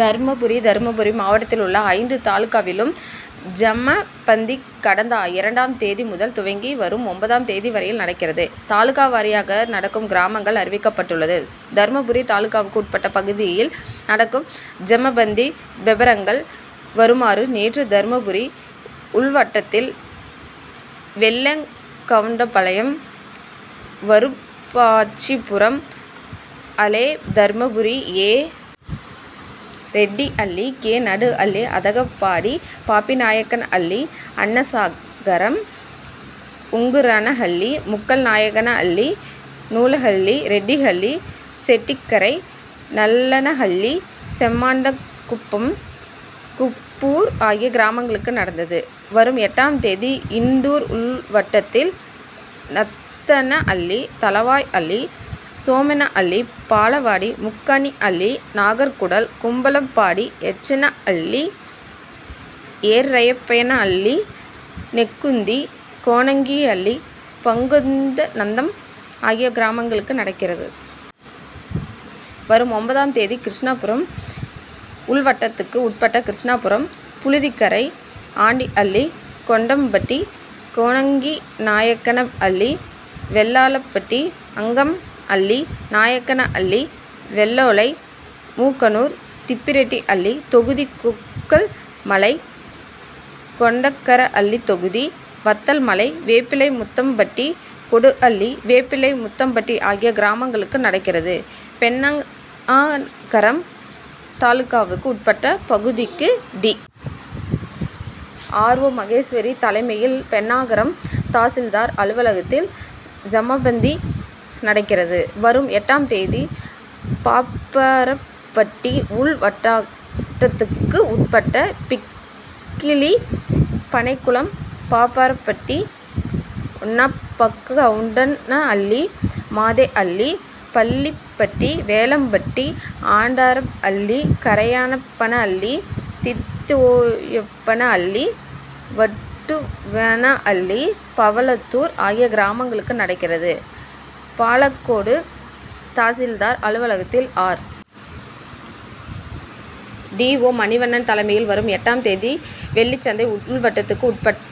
தர்மபுரி தர்மபுரி மாவட்டத்தில் உள்ள ஐந்து தாலுகாவிலும் ஜமாபந்தி கடந்த இரண்டாம் தேதி முதல் துவங்கி வரும் ஒன்பதாம் தேதி வரையில் நடக்கிறது. தாலுகா வாரியாக நடக்கும் கிராமங்கள் அறிவிக்கப்பட்டுள்ளது. தர்மபுரி தாலுகாவுக்கு உட்பட்ட பகுதியில் நடக்கும் ஜமாபந்தி விபரங்கள் வருமாறு நேற்று தர்மபுரி உள்வட்டத்தில் வெள்ளேகவுண்டன்பாளையம், வருப்பாட்சிபுரம், அளே தர்மபுரி, ஏ. ரெட்டிஅள்ளி, கே. நடுஅள்ளி, அதகப்பாடி, பாப்பிநாயக்கனஅள்ளி, அன்னசாகரம், உங்குரானஷள்ளி, முக்கல்நாயக்கனஅள்ளி, நூலஹள்ளி, ரெட்டிஹள்ளி, செட்டிக்கரை நல்லனஹள்ளி, செம்மாண்டகுப்பம், குப்பூர் ஆகிய கிராமங்களுக்கு நடந்தது. வரும் எட்டாம் தேதி இண்டூர் உள்வட்டத்தில் நத்தனஅள்ளி, தளவாய் அள்ளி, சோமேனஅள்ளி, பாலவாடி, மூக்கனஅள்ளி, நாகர்கூடல், கும்பளப்பாடி, எச்சனஅள்ளி, எர்ரபையனஅள்ளி, நெக்குந்தி, கோணங்கிஅள்ளி, பங்குநத்தம் ஆகிய கிராமங்களுக்கு நடக்கிறது. வரும் ஒன்பதாம் தேதி கிருஷ்ணாபுரம் உள்வட்டத்துக்கு உட்பட்ட கிருஷ்ணாபுரம், புளுதிக்கரை, ஆண்டிஅள்ளி, கொண்டம்பட்டி, கோணங்கிநாயக்கனஅள்ளி, வெள்ளாளப்பட்டி, அக்கமன அள்ளி, நாயக்கனஅள்ளி, வெள்ளோலை, மூக்கனூர், திப்பிரெட்டிஅள்ளி தொகுதி, குக்கல் மலை, கொண்டகரஅள்ளி தொகுதி, வத்தல்மலை, வேப்பிலைமுத்தம்பட்டி, கோடுஅள்ளி, வேப்பிலைமுத்தம்பட்டி ஆகிய கிராமங்களுக்கு நடக்கிறது. பென்னாகரம் தாலுகாவுக்கு உட்பட்ட பகுதிக்கு டி. ஆர். ஓ., மகேஸ்வரி தலைமையில் பென்னாகரம் தாசில்தார் அலுவலகத்தில் ஜமாபந்தி நடக்கிறது. வரும் எட்டாம் தேதி பாப்பாரப்பட்டி உள் வட்டத்துக்கு உட்பட்ட பிக்கிலி, பனைகுளம், பாப்பாரப்பட்டி, ஒன்னப்பகவுண்டனஅள்ளி, மதேஅள்ளி, பள்ளிப்பட்டி, வேலம்பட்டி, ஆண்டாரஅள்ளி, கரியப்பனஅள்ளி, தித்தியோப்பனஅள்ளி, வட்டுவனஅள்ளி, பவளத்தூர் ஆகிய கிராமங்களுக்கு நடக்கிறது. பாலக்கோடு தாசில்தார் அலுவலகத்தில் ஆர். டி. ஓ., மணிவண்ணன் தலைமையில் வரும் எட்டாம் தேதி வெள்ளிசந்தை உள்வட்டத்துக்கு உட்பட்ட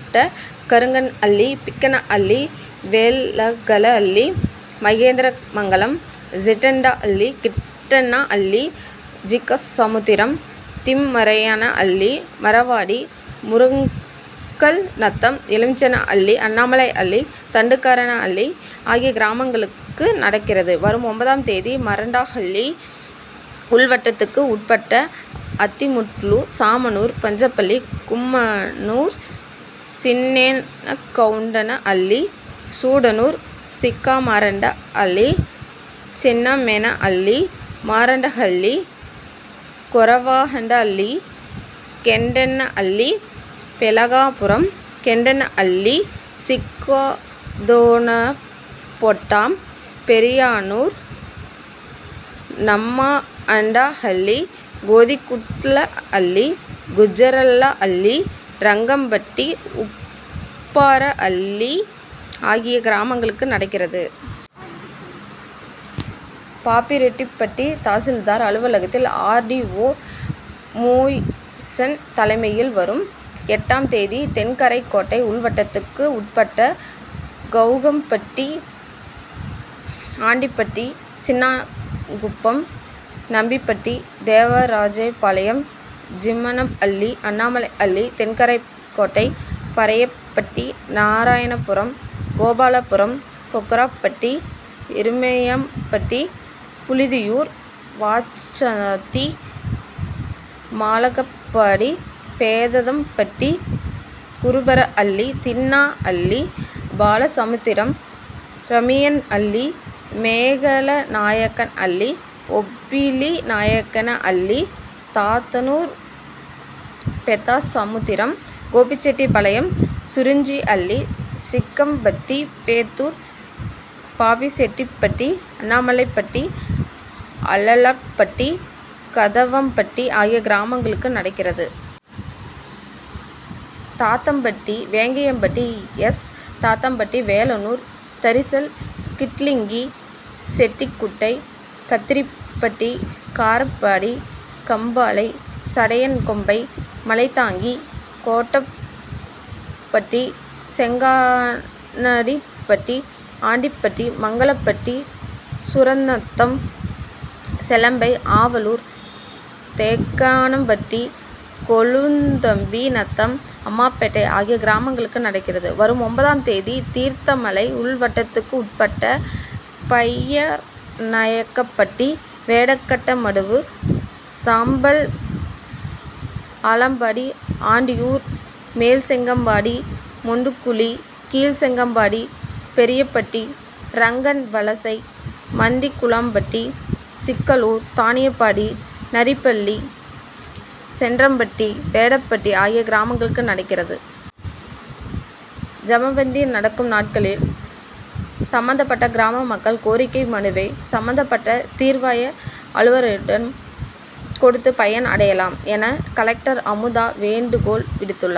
கருக்கனஅள்ளி, பிக்கனஅள்ளி, வெலகலஅள்ளி, மகேந்திரமங்கலம், ஜிட்டாண்டஅள்ளி, கிட்டனஅள்ளி, ஜக்கசமுத்திரம், திம்மராயனஅள்ளி, மாரவாடி, முருக்கல்நத்தம், எலுமிச்சனஅள்ளி, அண்ணாமலை அள்ளி, தண்டுகாரனஅள்ளி, ஆகிய கிராமங்களுக்கு நடக்கிறது. வரும் ஒன்பதாம் தேதி மாரண்டஹள்ளி உள் வட்டத்துக்கு உட்பட்ட அத்திமுட்லு, சாமனூர், பஞ்சப்பள்ளி, கும்மனூர், சின்னேகவுண்டனஅள்ளி, சூடனூர், சிக்கமாரண்டஅள்ளி, சென்னமேனஅள்ளி, மாரண்டஹள்ளி, கொரவாண்டஅள்ளி, கெண்டேனஅள்ளி, பெலகாபுரம், கெண்டேனஅள்ளி, சிக்கதோரணப்பெட்டாம், பெரியானூர், நம்மாண்டஹள்ளி, கோதிகுட்லஅள்ளி, குஜ்ஜாரஅள்ளி, ரங்கம்பட்டி உப்பாரஅள்ளி ஆகிய கிராமங்களுக்கு நடக்கிறது. பாப்பிரெட்டிப்பட்டி தாசில்தார் அலுவலகத்தில் ஆர். டி. ஓ., மோயிசன் தலைமையில் வரும் எட்டாம் தேதி தென்கரைக்கோட்டை உள்வட்டத்துக்கு உட்பட்ட கொளகம்பட்டி, ஆண்டிப்பட்டி, சின்னாங்குப்பம், நம்பிப்பட்டி, தேவராஜபாளையம், ஜம்மனஅள்ளி, அண்ணாமலைஅள்ளி, தென்கரைக்கோட்டை, பறையப்பட்டி, நாரணாபுரம், கோபாலபுரம், கொக்காரப்பட்டி, எருமியாம்பட்டி, புழுதியூர், வாச்சாத்தி, மாலகப்பாடி, பேதாதம்பட்டி, குருபரஅள்ளி, தின்ன அள்ளி, பாலசமுத்திரம், ராமியனஅள்ளி, மேகலநாயக்கன்அள்ளி, ஓபிளிநாயக்கன அள்ளி, தாதனூர், பெத்தசமுத்திரம், கோபிசெட்டிப்பாளையம், துரிஞ்சிஅள்ளி, சிக்கம்பட்டி, பெத்தூர், பாப்பிசெட்டிப்பட்டி, அண்ணாமலைப்பட்டி, அல்லாலப்பட்டி, கதவனம்பட்டி ஆகிய கிராமங்களுக்கு நடக்கிறது. தாதம்பட்டி, வேங்கியாம்பட்டி, எஸ். தாதம்பட்டி, வேலனூர், தரிசல், கிட்லிங்கி, செட்டிக்குட்டை, கத்திரிப்பட்டி, காரப்பாடி, கம்பாலை, ஜடையன்கோம்பை, மலைதாங்கி, கோட்டப்பட்டி, செங்காணடிப்பட்டி, ஆண்டிப்பட்டி, மங்கலப்பட்டி, சூரநத்தம், செலம்பை, ஆவலூர், தேக்கனாம்பட்டி, கொளுந்தம்பி நத்தம், அம்மாபேட்டை ஆகிய கிராமங்களுக்கு நடக்கிறது. வரும் ஒன்பதாம் தேதி தீர்த்தமலை உள் வட்டத்துக்கு உட்பட்ட பையர்நாயக்கம்பட்டி, வேடகட்ட மடுவு, தாம்பல், ஆலப்பாடி, ஆண்டியூர், மேல்செங்கம்பாடி, மொண்டுகுழி, கீழ்செங்கம்பாடி, பெரியப்பட்டி, ரங்கன் வலசை, மந்திகுளாம்பட்டி, சிக்கலூர், தானிப்பாடி, நரிப்பள்ளி, சென்றாம்பட்டி, வேடப்பட்டி ஆகிய கிராமங்களுக்கு நடக்கிறது. ஜமாபந்தி நடக்கும் நாட்களில் சம்பந்தப்பட்ட கிராம மக்கள் கோரிக்கை மனுவை சம்பந்தப்பட்ட தீர்வாய அலுவலரிடம் கொடுத்து பயன் அடையலாம் என கலெக்டர் அமுதா வேண்டுகோள் விடுத்துள்ளார்.